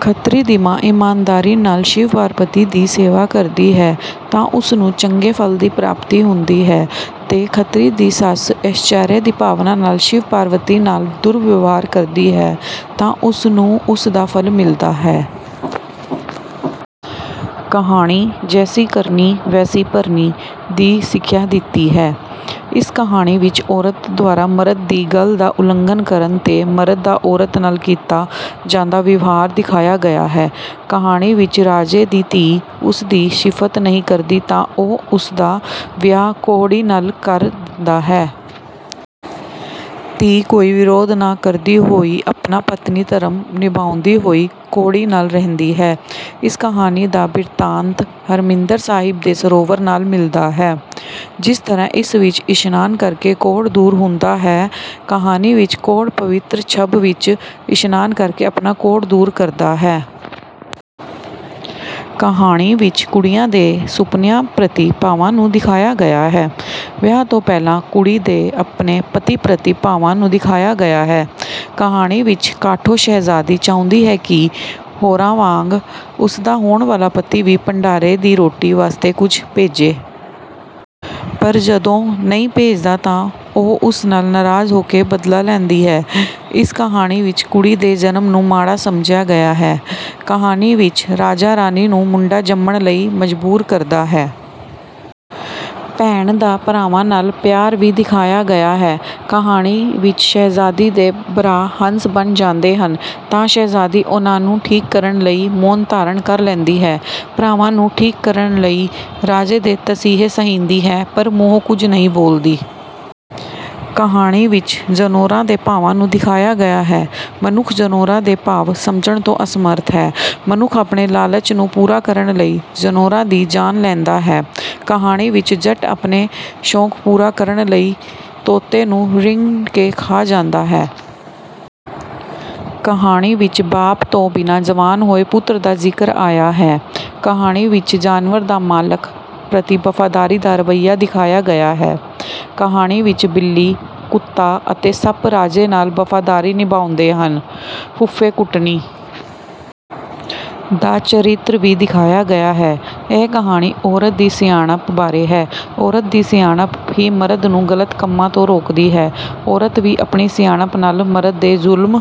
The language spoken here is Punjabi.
ਖੱਤਰੀ ਦੀ ਮਾਂ ਈਮਾਨਦਾਰੀ ਨਾਲ ਸ਼ਿਵ-ਪਾਰਬਤੀ ਦੀ ਸੇਵਾ ਕਰਦੀ ਹੈ ਤਾਂ ਉਸ ਨੂੰ ਚੰਗੇ ਫਲ ਦੀ ਪ੍ਰਾਪਤੀ ਹੁੰਦੀ ਹੈ ਅਤੇ ਖੱਤਰੀ ਦੀ ਸੱਸ ਈਰਖਾ ਦੀ ਭਾਵਨਾ ਨਾਲ ਸ਼ਿਵ-ਪਾਰਬਤੀ ਨਾਲ ਦੁਰਵਿਵਹਾਰ ਕਰਦੀ ਹੈ ਤਾਂ ਉਸ ਨੂੰ ਉਸ ਦਾ ਫਲ ਮਿਲਦਾ ਹੈ। ਕਹਾਣੀ ‘ਜੈਸੀ ਕਰਨੀ, ਵੈਸੀ ਭਰਨੀ’ ਦੀ ਸਿੱਖਿਆ ਦਿੰਦੀ ਹੈ। ਇਸ ਕਹਾਣੀ ਵਿਚ ਔਰਤ ਦੁਆਰਾ ਮਰਦ ਦੀ ਗੱਲ ਉਲੰਘਣ ’ਤੇ ਮਰਦ ਦਾ ਔਰਤ ਨਾਲ ਕੀਤਾ ਜਾਂਦਾ ਵਿਵਹਾਰ ਦਿਖਾਇਆ ਗਿਆ ਹੈ। ਕਹਾਣੀ ਵਿੱਚ ਰਾਜੇ ਦੀ ਧੀ ਉਸਦੀ ਸ਼ਿਫ਼ਤ ਨਹੀਂ ਕਰਦੀ ਤਾਂ ਉਹ ਉਸਦਾ ਵਿਆਹ ਕੋਹੜੀ ਨਾਲ ਕਰ ਦਿੰਦਾ ਹੈ। ਧੀ ਕੋਈ ਵਿਰੋਧ ਨਾ ਕਰਦੀ ਹੋਈ, ਆਪਣਾ ਪਤਨੀ-ਧਰਮ ਨਿਭਾਉਂਦੀ ਹੋਈ ਕੋਹੜੀ ਨਾਲ ਰਹਿੰਦੀ ਹੈ। ਇਸ ਕਹਾਣੀ ਦਾ ਬਿਰਤਾਂਤ ਹਰਿਮੰਦਰ ਸਾਹਿਬ ਦੇ ਸਰੋਵਰ ਨਾਲ ਮਿਲਦਾ ਹੈ। ਜਿਸ ਤਰ੍ਹਾਂ ਇਸ ਵਿੱਚ ਇਸ਼ਨਾਨ ਕਰਕੇ ਕੋਹੜ ਦੂਰ ਹੁੰਦਾ ਹੈ, ਕਹਾਣੀ ਵਿਚ ਕੋਹੜੀ ਪਵਿੱਤਰ ਛੰਬ ਵਿਚ ਇਸ਼ਨਾਨ ਕਰਕੇ ਆਪਣਾ ਕੋਹੜ ਦੂਰ ਕਰਦਾ ਹੈ। ਇਸ ਕਹਾਣੀ ਵਿਚ ਕੁੜੀਆਂ ਦੇ ਸੁਪਨਿਆਂ ਪ੍ਰਤੀ ਭਾਵਾਂ ਨੂੰ ਦਿਖਾਇਆ ਗਿਆ ਹੈ। ਵਿਆਹ ਤੋਂ ਪਹਿਲਾਂ ਕੁੜੀ ਦੇ ਆਪਣੇ ਪਤੀ ਪ੍ਰਤੀ ਭਾਵਾਂ ਨੂੰ ਦਿਖਾਇਆ ਗਿਆ ਹੈ। ਕਹਾਣੀ ਵਿੱਚ ਕਾਠੋ ਸ਼ਹਿਜ਼ਾਦੀ ਚਾਹੁੰਦੀ ਹੈ ਕਿ ਹੋਰਾਂ ਵਾਂਗ ਉਸਦਾ ਹੋਣ ਵਾਲਾ ਪਤੀ ਵੀ ਭੰਡਾਰੇ ਦੀ ਰੋਟੀ ਵਾਸਤੇ ਕੁਝ ਭੇਜੇ। ਪਰ ਜਦੋਂ ਨਹੀਂ ਭੇਜਦਾ ਤਾਂ ਉਹ ਉਸ ਨਾਲ ਨਾਰਾਜ਼ ਹੋ ਕੇ ਬਦਲਾ ਲੈਂਦੀ ਹੈ। ਇਸ ਕਹਾਣੀ ਵਿਚ ਕੁੜੀ ਦੇ ਜਨਮ ਨੂੰ ਮਾੜਾ ਸਮਝਿਆ ਗਿਆ ਹੈ। ਕਹਾਣੀ ਵਿੱਚ ਰਾਜਾ ਰਾਣੀ ਨੂੰ ਮੁੰਡਾ ਜੰਮਣ ਲਈ ਮਜ਼ਬੂਰ ਕਰਦਾ ਹੈ। ਭੈਣ ਦਾ ਭਰਾਵਾਂ ਨਾਲ ਪਿਆਰ ਵੀ ਦਿਖਾਇਆ ਗਿਆ ਹੈ। ਕਹਾਣੀ ਵਿੱਚ ਸ਼ਹਿਜ਼ਾਦੀ ਦੇ ਭਰਾ ਹੰਸ ਬਣ ਜਾਂਦੇ ਹਨ ਤਾਂ ਸ਼ਹਿਜ਼ਾਦੀ ਉਨ੍ਹਾਂ ਨੂੰ ਠੀਕ ਕਰਨ ਲਈ ਮੌਨ ਧਾਰਨ ਕਰ ਲੈਂਦੀ ਹੈ। ਭਰਾਵਾਂ ਨੂੰ ਠੀਕ ਕਰਨ ਲਈ ਰਾਜੇ ਦੇ ਤਸੀਹੇ ਸਹਿੰਦੀ ਹੈ, ਪਰ ਮੂੰਹੋਂ ਕੁਝ ਨਹੀਂ ਬੋਲਦੀ। ਇਸ ਕਹਾਣੀ ਵਿਚ ਜਨੌਰਾਂ ਦੇ ਭਾਵਾਂ ਨੂੰ ਦਿਖਾਇਆ ਗਿਆ ਹੈ। ਮਨੁੱਖ ਜਨੌਰਾਂ ਦੇ ਭਾਵ ਸਮਝਣ ਤੋਂ ਅਸਮਰਥ ਹੈ। ਮਨੁੱਖ ਆਪਣੇ ਲਾਲਚ ਨੂੰ ਪੂਰਾ ਕਰਨ ਲਈ ਜਨੌਰਾਂ ਦੀ ਜਾਨ ਲੈਂਦਾ ਹੈ। ਕਹਾਣੀ ਵਿੱਚ ਜੱਟ ਆਪਣੇ ਸ਼ੌਕ ਪੂਰਾ ਕਰਨ ਲਈ ਤੋਤੇ ਨੂੰ ਰਿੰਨ੍ਹ ਕੇ ਖਾ ਜਾਂਦਾ ਹੈ। ਇਸ ਕਹਾਣੀ ਵਿਚ ਬਾਪ ਤੋਂ ਬਿਨਾਂ ਜਵਾਨ ਹੋਏ ਪੁੱਤਰ ਦਾ ਜ਼ਿਕਰ ਆਇਆ ਹੈ। ਕਹਾਣੀ ਵਿੱਚ ਜਾਨਵਰ ਦਾ ਮਾਲਕ ਪ੍ਰਤੀ ਵਫ਼ਾਦਾਰੀ ਦਾ ਰਵੱਈਆ ਦਿਖਾਇਆ ਗਿਆ ਹੈ। ਕਹਾਣੀ ਵਿਚ ਬਿੱਲੀ, ਕੁੱਤਾ ਅਤੇ ਸੱਪ ਰਾਜੇ ਨਾਲ ਵਫ਼ਾਦਾਰੀ ਨਿਭਾਉਂਦੇ ਹਨ। ਫੁੱਫੇਕੁਟਣੀ ਦਾ ਚਰਿੱਤਰ ਵੀ ਦਿਖਾਇਆ ਗਿਆ ਹੈ। ਇਹ ਕਹਾਣੀ ਔਰਤ ਦੀ ਸਿਆਣਪ ਬਾਰੇ ਹੈ। ਔਰਤ ਦੀ ਸਿਆਣਪ ਹੀ ਮਰਦ ਨੂੰ ਗਲਤ ਕੰਮਾਂ ਤੋਂ ਰੋਕਦੀ ਹੈ। ਔਰਤ ਵੀ ਆਪਣੀ ਸਿਆਣਪ ਨਾਲ ਮਰਦ ਦੇ ਜ਼ੁਲਮ...